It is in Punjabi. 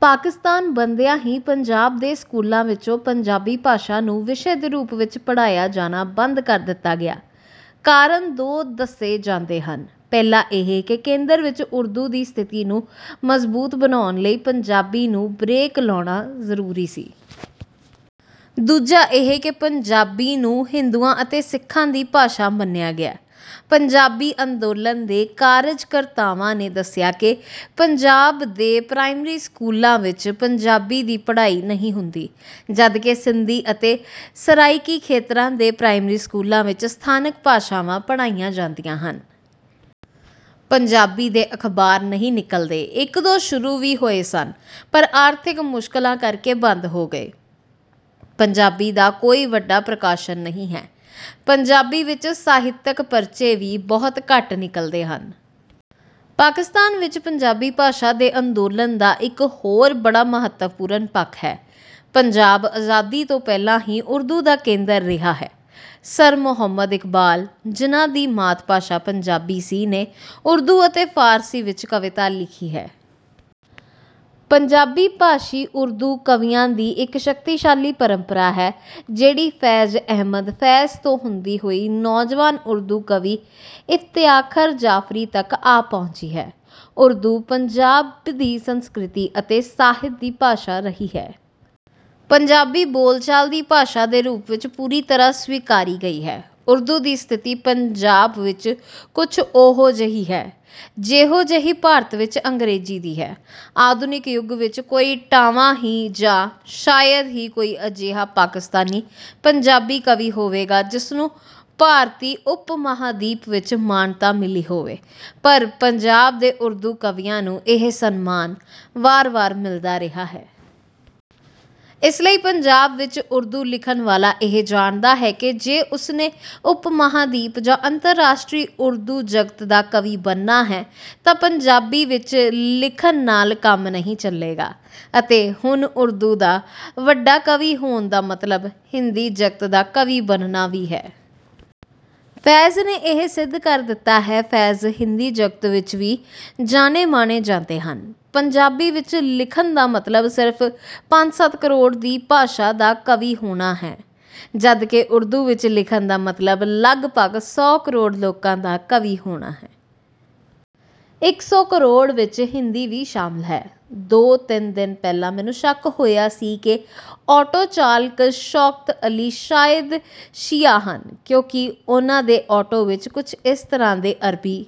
ਪਾਕਿਸਤਾਨ ਬਣਦਿਆਂ ਹੀ ਪੰਜਾਬ ਦੇ ਸਕੂਲਾਂ ਵਿੱਚੋਂ ਪੰਜਾਬੀ ਭਾਸ਼ਾ ਨੂੰ ਵਿਸ਼ੇ ਦੇ ਰੂਪ ਵਿੱਚ ਪੜ੍ਹਾਇਆ ਜਾਣਾ ਬੰਦ ਕਰ ਦਿੱਤਾ ਗਿਆ। ਕਾਰਨ ਦੋ ਦੱਸੇ ਜਾਂਦੇ ਹਨ। ਪਹਿਲਾ ਇਹ ਕਿ ਕੇਂਦਰ ਵਿੱਚ ਉਰਦੂ ਦੀ ਸਥਿਤੀ ਨੂੰ ਮਜ਼ਬੂਤ ਬਣਾਉਣ ਲਈ ਪੰਜਾਬੀ ਨੂੰ 'ਬਰੇਕ' ਲਾਉਣਾ ਜ਼ਰੂਰੀ ਸੀ। ਦੂਜਾ ਇਹ ਕਿ ਪੰਜਾਬੀ ਨੂੰ ਹਿੰਦੂਆਂ ਅਤੇ ਸਿੱਖਾਂ ਦੀ ਭਾਸ਼ਾ ਮੰਨਿਆ ਗਿਆ। ਪੰਜਾਬੀ ਅੰਦੋਲਨ ਦੇ ਕਾਰਜਕਰਤਾਵਾਂ ਨੇ ਦੱਸਿਆ ਕਿ ਪੰਜਾਬ ਦੇ ਪ੍ਰਾਇਮਰੀ ਸਕੂਲਾਂ ਵਿੱਚ ਪੰਜਾਬੀ ਦੀ ਪੜ੍ਹਾਈ ਨਹੀਂ ਹੁੰਦੀ, ਜਦਕਿ ਸਿੰਧੀ ਅਤੇ ਸਰਾਈਕੀ ਖੇਤਰਾਂ ਦੇ ਪ੍ਰਾਇਮਰੀ ਸਕੂਲਾਂ ਵਿੱਚ ਸਥਾਨਕ ਭਾਸ਼ਾਵਾਂ ਪੜ੍ਹਾਈਆਂ ਜਾਂਦੀਆਂ ਹਨ। ਪੰਜਾਬੀ ਦੇ ਅਖ਼ਬਾਰ ਨਹੀਂ ਨਿਕਲਦੇ। ਇੱਕ-ਦੋ ਸ਼ੁਰੂ ਵੀ ਹੋਏ ਸਨ, ਪਰ ਆਰਥਿਕ ਮੁਸ਼ਕਲਾਂ ਕਰਕੇ ਬੰਦ ਹੋ ਗਏ। ਪੰਜਾਬੀ ਦਾ ਕੋਈ ਵੱਡਾ ਪ੍ਰਕਾਸ਼ਨ ਨਹੀਂ ਹੈ। ਪੰਜਾਬੀ ਵਿੱਚ ਸਾਹਿਤਕ ਪਰਚੇ ਵੀ ਬਹੁਤ ਘੱਟ ਨਿਕਲਦੇ ਹਨ। ਪਾਕਿਸਤਾਨ ਵਿੱਚ ਪੰਜਾਬੀ ਭਾਸ਼ਾ ਦੇ ਅੰਦੋਲਨ ਦਾ ਇੱਕ ਹੋਰ ਬੜਾ ਮਹੱਤਵਪੂਰਨ ਪੱਖ ਹੈ। ਪੰਜਾਬ ਆਜ਼ਾਦੀ ਤੋਂ ਪਹਿਲਾਂ ਹੀ ਉਰਦੂ ਦਾ ਕੇਂਦਰ ਰਿਹਾ ਹੈ। ਸਰ ਮੁਹੰਮਦ ਇਕਬਾਲ, ਜਿਹਨਾਂ ਦੀ ਮਾਤ-ਭਾਸ਼ਾ ਪੰਜਾਬੀ ਸੀ, ਨੇ ਉਰਦੂ ਅਤੇ ਫ਼ਾਰਸੀ ਵਿੱਚ ਕਵਿਤਾ ਲਿਖੀ ਹੈ। ਪੰਜਾਬੀ-ਭਾਸ਼ੀ ਉਰਦੂ ਕਵੀਆਂ ਦੀ ਇੱਕ ਸ਼ਕਤੀਸ਼ਾਲੀ ਪਰੰਪਰਾ ਹੈ ਜਿਹੜੀ ਫ਼ੈਜ਼ ਅਹਿਮਦ 'ਫ਼ੈਜ਼' ਤੋਂ ਹੁੰਦੀ ਹੋਈ ਨੌਜਵਾਨ ਉਰਦੂ ਕਵੀ ਇਫ਼ਤਿਖ਼ਾਰ ਜਾਫ਼ਰੀ ਤੱਕ ਆ ਪਹੁੰਚੀ ਹੈ। ਉਰਦੂ, ਪੰਜਾਬ ਦੀ ਸੰਸਕ੍ਰਿਤੀ ਅਤੇ ਸਾਹਿਤ ਦੀ ਭਾਸ਼ਾ ਰਹੀ ਹੈ। ਪੰਜਾਬੀ, ਬੋਲਚਾਲ ਦੀ ਭਾਸ਼ਾ ਦੇ ਰੂਪ ਵਿੱਚ ਪੂਰੀ ਤਰ੍ਹਾਂ ਸਵੀਕਾਰੀ ਗਈ ਹੈ। ਉਰਦੂ ਦੀ ਸਥਿਤੀ ਪੰਜਾਬ ਵਿੱਚ ਕੁਝ ਉਹੋ-ਜਿਹੀ ਹੈ ਜਿਹੋ-ਜਿਹੀ ਭਾਰਤ ਵਿੱਚ ਅੰਗਰੇਜ਼ੀ ਦੀ ਹੈ। ਆਧੁਨਿਕ ਯੁੱਗ ਵਿੱਚ ਕੋਈ ਟਾਵਾਂ ਹੀ ਜਾਂ ਸ਼ਾਇਦ ਹੀ ਕੋਈ ਅਜਿਹਾ ਪਾਕਿਸਤਾਨੀ ਪੰਜਾਬੀ ਕਵੀ ਹੋਵੇਗਾ ਜਿਸ ਨੂੰ ਭਾਰਤੀ ਉਪ-ਮਹਾਂਦੀਪ ਵਿੱਚ ਮਾਨਤਾ ਮਿਲੀ ਹੋਵੇ, ਪਰ ਪੰਜਾਬ ਦੇ ਉਰਦੂ ਕਵੀਆਂ ਨੂੰ ਇਹ ਸਨਮਾਨ ਵਾਰ-ਵਾਰ ਮਿਲਦਾ ਰਿਹਾ ਹੈ। ਇਸ ਲਈ ਪੰਜਾਬ ਵਿੱਚ ਉਰਦੂ ਲਿਖਣ ਵਾਲਾ ਇਹ ਜਾਣਦਾ ਹੈ ਕਿ ਜੇ ਉਸ ਨੇ ਉਪ-ਮਹਾਂਦੀਪ ਜਾਂ ਅੰਤਰਰਾਸ਼ਟਰੀ ਉਰਦੂ ਜਗਤ ਦਾ ਕਵੀ ਬਣਨਾ ਹੈ, ਤਾਂ ਪੰਜਾਬੀ ਵਿੱਚ ਲਿਖਣ ਨਾਲ ਕੰਮ ਨਹੀਂ ਚੱਲੇਗਾ ਅਤੇ ਹੁਣ ਉਰਦੂ ਦਾ ਵੱਡਾ ਕਵੀ ਹੋਣ ਦਾ ਮਤਲਬ ਹਿੰਦੀ ਜਗਤ ਦਾ ਕਵੀ ਬਣਨਾ ਵੀ ਹੈ। 'ਫ਼ੈਜ਼' ਨੇ ਇਹ ਸਿੱਧ ਕਰ ਦਿੱਤਾ ਹੈ। 'ਫ਼ੈਜ਼' ਹਿੰਦੀ ਜਗਤ ਵਿੱਚ ਵੀ ਜਾਣੇ-ਮਾਣੇ ਜਾਂਦੇ ਹਨ। ਪੰਜਾਬੀ ਵਿੱਚ ਲਿਖਣ ਦਾ ਮਤਲਬ ਸਿਰਫ਼ ਪੰਜ-ਸੱਤ ਕਰੋੜ ਦੀ ਭਾਸ਼ਾ ਦਾ ਕਵੀ ਹੋਣਾ ਹੈ, ਜਦਕਿ ਉਰਦੂ ਵਿੱਚ ਲਿਖਣ ਦਾ ਮਤਲਬ ਲਗਭਗ ਸੌ ਕਰੋੜ ਲੋਕਾਂ ਦਾ ਕਵੀ ਹੋਣਾ ਹੈ। ਇਸ ਸੌ ਕਰੋੜ ਵਿੱਚ ਹਿੰਦੀ ਵੀ ਸ਼ਾਮਲ ਹੈ। ਦੋ-ਤਿੰਨ ਦਿਨ ਪਹਿਲਾਂ ਮੈਨੂੰ ਸ਼ੱਕ ਹੋਇਆ ਸੀ ਕਿ ਆਟੋ ਚਾਲਕ ਸ਼ੌਕਤ ਅਲੀ ਸ਼ਾਇਦ ਸ਼ੀਆ ਹਨ ਕਿਉਂਕਿ ਉਹਨਾਂ ਦੇ ਆਟੋ ਵਿੱਚ ਕੁਝ ਇਸ ਤਰ੍ਹਾਂ ਦੇ ਅਰਬੀ